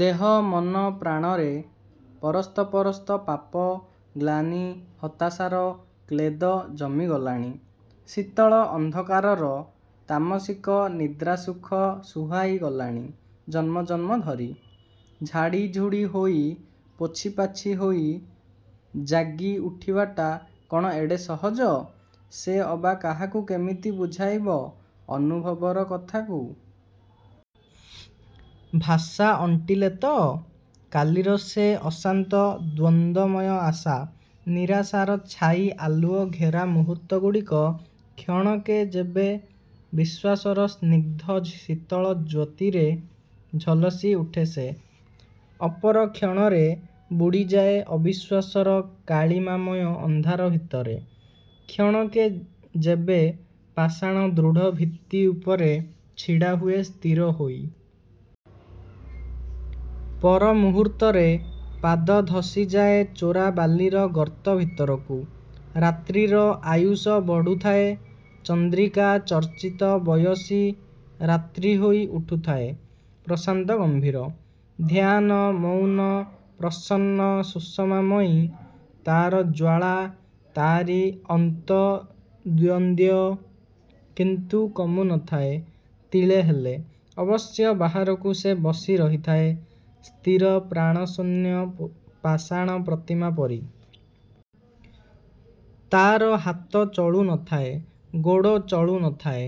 ଦେହ ମନ ପ୍ରାଣରେ ପରସ୍ତ ପରସ୍ତ ପାପ ଗ୍ଳାନୀ ହତାସାର କ୍ଳେଦ ଜମି ଗଲାଣି! ଶୀତଳ ଅନ୍ଧକାରର ତାମଶିକ– ନିଦ୍ରାସୁଖ ସୁହାଇ ଗଲାଣି ଜନ୍ମ ଜନ୍ମ ଧରି। ଝାଡ଼ି ଝୁଡ଼ି ହୋଇ, ପୋଛି ପାଛି ହୋଇ ଯାଗି ଉଠିବାଟା, କ'ଣ ଏଡ଼େ ସହଜ? ସେ ଅବା କାହାକୁ କେମିତି ବୁଝାଇବ ଅନୁଭବର କଥାକୁ? ଭାଷା ଅଣ୍ଟିଲେତ! କାଲିର ସେ ଅଶାନ୍ତ ଦ୍ୱନ୍ଦ୍ୱମୟ ଆଶା। ନିରାଶାର ଛାଈ ଆଲୁଅ ଘେରା ମୁହୂର୍ତ୍ତ ଗୁଡ଼ିକ, କ୍ଷଣକେ ଯେବେ ବିଶ୍ୱାସର ସ୍ନିଗ୍ଧ ଶୀତଳ ଜ୍ୟୋତିରେ ଝଲସି ଉଠେ ସେ! ଅପର କ୍ଷଣରେ ବୁଡ଼ିଯାଏ ଅବିଶ୍ୱାସର କାଳିମାମୟ ଅନ୍ଧାର ଭିତରେ। କ୍ଷଣକେ ଯେବେ ପାଷାଣ ଦୃଢ଼ ଭିତ୍ତି ଉପରେ ଛିଡ଼ା ହୁଏ ସ୍ଥିର ହୋଇ! ପର ମୁହୂର୍ତ୍ତରେ ପାଦ ଧସି ଯାଏ ଚୋରା ବାଲିର ଗର୍ତ୍ତ ଭିତରକୁ-। ରାତ୍ରିର ଆୟୁଷ ବଢ଼ୁଥାଏ ଚନ୍ଦ୍ରିକା ଚର୍ଚ୍ଚିତ ବୟସୀ ରାତ୍ରି ହୋଇ ଉଠୁଥାଏ ପ୍ରସାନ୍ତ ଗମ୍ଭୀର, ଧ୍ୟାନ-ମୌନ, ପ୍ରସନ୍ନ-ସୁଷମାମୟୀ। ତା'ର ଜ୍ୱାଳା, ତା'ରି ଅନ୍ତଦ୍ୱନ୍ଦ୍ୟ କିନ୍ତୁ କମୁ ନଥାଏ ତିଳେ ହେଲେ। ଅବସ୍ୟ ବାହାରକୁ, ସେ ବସି ରହିଥାଏ ସ୍ଥିର ପ୍ରାଣଶୂନ୍ୟ ପାଷାଣ ପ୍ରତିମା ପରି। ତା'ର ହାତ ଚଳୁ ନଥାଏ, ଗୋଡ଼ ଚଳୁ ନଥାଏ,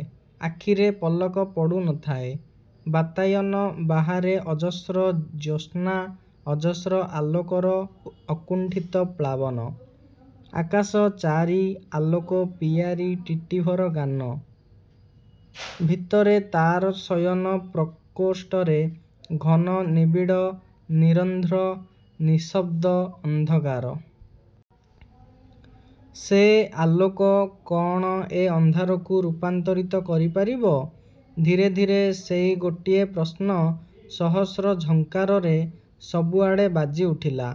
ଆଖିରେ ପଲକ ପଡ଼ୁ ନଥାଏ। ବାତାୟନ ବାହାରେ ଅଜସ୍ର ଜ୍ୟୋତ୍ସ୍ନା ଅଜସ୍ର ଆଲୋକର ଅକୁଣ୍ଠିତ ପ୍ଳାବନ! ଆକାଶ-ଚାରି ଆଲୋକ ପିୟାରି ଟିଟିଭର ଗାନ। ଭିତରେ ତା'ର ଶୟନ ପ୍ରକୋଷ୍ଟରେ ଘନ ନିବିଡ଼ ନିରନ୍ଧ୍ର ନିଃଶବ୍ଦ ଅନ୍ଧକାର। ସେ ଆଲୋକ କ'ଣ ଏ ଅନ୍ଧାରକୁ ରୂପାନ୍ତରିତ କରି ପାରିବ-? ଧୀରେ ଧୀରେ ସେଇ ଗୋଟିଏ ପ୍ରଶ୍ନ ସହସ୍ର ଝଙ୍କାରରେ, ସବୁ ଆଡ଼େ ବାଜି ଉଠିଲା।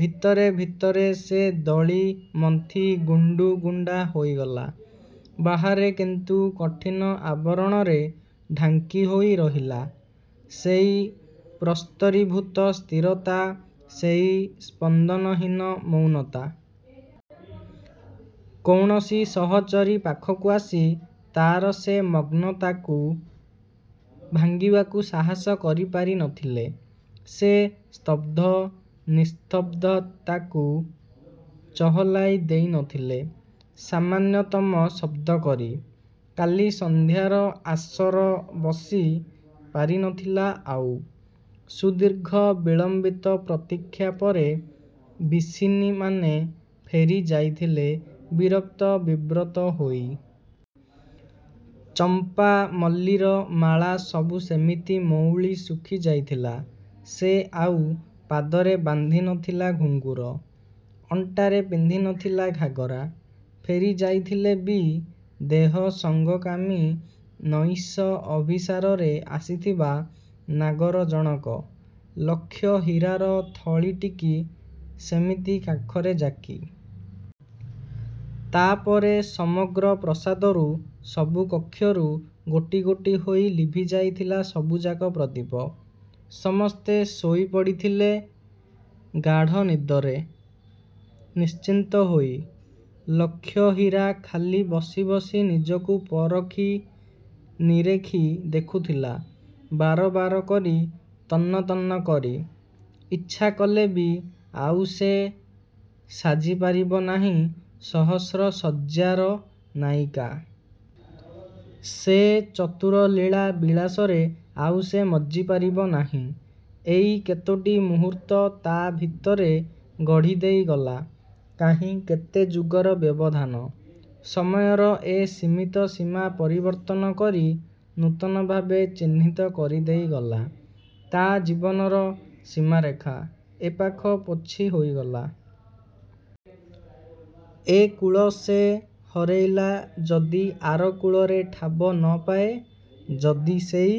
ଭିତରେ ଭିତରେ ସେ ଦଳି ମନ୍ଥି ଗୁଣ୍ଡୁ, ଗୁଣ୍ଡା ହୋଇଗଲା। ବାହାରେ କିନ୍ତୁ କଠିନ ଆବରଣରେ ଢାଙ୍କି ହୋଇ ରହିଲା, ସେଇ ପ୍ରସ୍ତରିଭୂତ ସ୍ଥିରତା, ସେଇ ସ୍ପନ୍ଦନହୀନ ମୌନତା। କୌଣସି ସହଚରୀ ପାଖକୁ ଆସି, ତା'ର ସେ ମଗ୍ନତାକୁ ଭାଙ୍ଗିବାକୁ ସାହସ କରି ପାରି ନଥିଲେ। ସେ ସ୍ତବ୍ଧ–ନିସ୍ତବ୍ଧତାକୁ ଚହଲାଇ ଦେଇ ନଥିଲେ, ସାମାନ୍ୟତମ ଶବ୍ଦ କରି। କାଲି ସନ୍ଧ୍ୟାର ଆସର ବସି ପାରିନଥିଲା ଆଉ। ସୁଦୀର୍ଘ ବିଳମ୍ୱିତ ପ୍ରତୀକ୍ଷା ପରେ ବିଶିନୀମାନେ ଫେରି ଯାଇଥିଲେ ବିରକ୍ତ ବିବ୍ରତ ହୋଇ। ଚମ୍ପା ମଲ୍ଲୀର ମାଳା ସବୁ ସେମିତି ମଉଳି ସୁଖି ଯାଇଥିଲା। ସେ ଆଉ ପାଦରେ ବାନ୍ଧି ନଥିଲା ଘୁଙ୍ଗୁର, ଅଣ୍ଟାରେ ପିନ୍ଧି ନଥିଲା ଘାଘରା। ଫେରି ଯାଇଥିଲେ ବି ଦେହ ସଙ୍ଗ-କାମୀ, ନୈଶ ଅଭିଶାରରେ ଆସିଥିବା ନାଗର ଜଣକ! ଲକ୍ଷହୀରାର ଥଳୀଟିକି ସେମିତି କାଖରେ ଯାକି। ତା'ପରେ ସମଗ୍ର ପ୍ରସାଦରୁ ସବୁ କକ୍ଷରୁ, ଗୋଟି ଗୋଟି ହୋଇ ଲିଭିଯାଇଥିଲା ସବୁଯାକ ପ୍ରଦୀପ। ସମସ୍ତେ ଶୋଇ ପଡ଼ିଥିଲେ ଗାଢ଼ ନିଦରେ, ନିଶ୍ଚିନ୍ତ ହୋଇ। ଲକ୍ଷହୀରା ଖାଲି ବସି ବସି ନିଜକୁ ପରଖି ନିରେଖି ଦେଖୁଥିଲା, ବାର ବାର କରି, ତନ୍ନ ତନ୍ନ କରି। ଇଚ୍ଛା କଲେ ବି ଆଉ ସେ ସାଜି ପାରିବ ନାହିଁ ସହସ୍ର ଶଯ୍ୟାର ନାୟୀକା। ସେ ଚତୁର-ଲୀଳା ବିଳାସରେ ଆଉ ସେ ମଜ୍ଜି ପାରିବ ନାହିଁ। ଏଇ କେତୋଟି ମୁହୂର୍ତ୍ତ, ତା' ଭିତରେ ଗଢ଼ି ଦେଇଗଲା, କାହିଁ କେତେ ଯୁଗର ବ୍ୟବଧାନ। ସମୟର ଏ ସିମିତ ସୀମା ପରିବର୍ତ୍ତନ କରି, ନୂତନଭାବେ ଚିହ୍ନିତ କରିଦେଇ ଗଲା, ତା' ଜୀବନର ସୀମାରେଖା। ଏପାଖ ପୋଛି ହୋଇଗଲା! ଏ କୁଳ ସେ ହରେଇଲା ଯଦି ଆର କୁଳରେ ଠାବ ନ ପାଏ? ଯଦି ସେଇ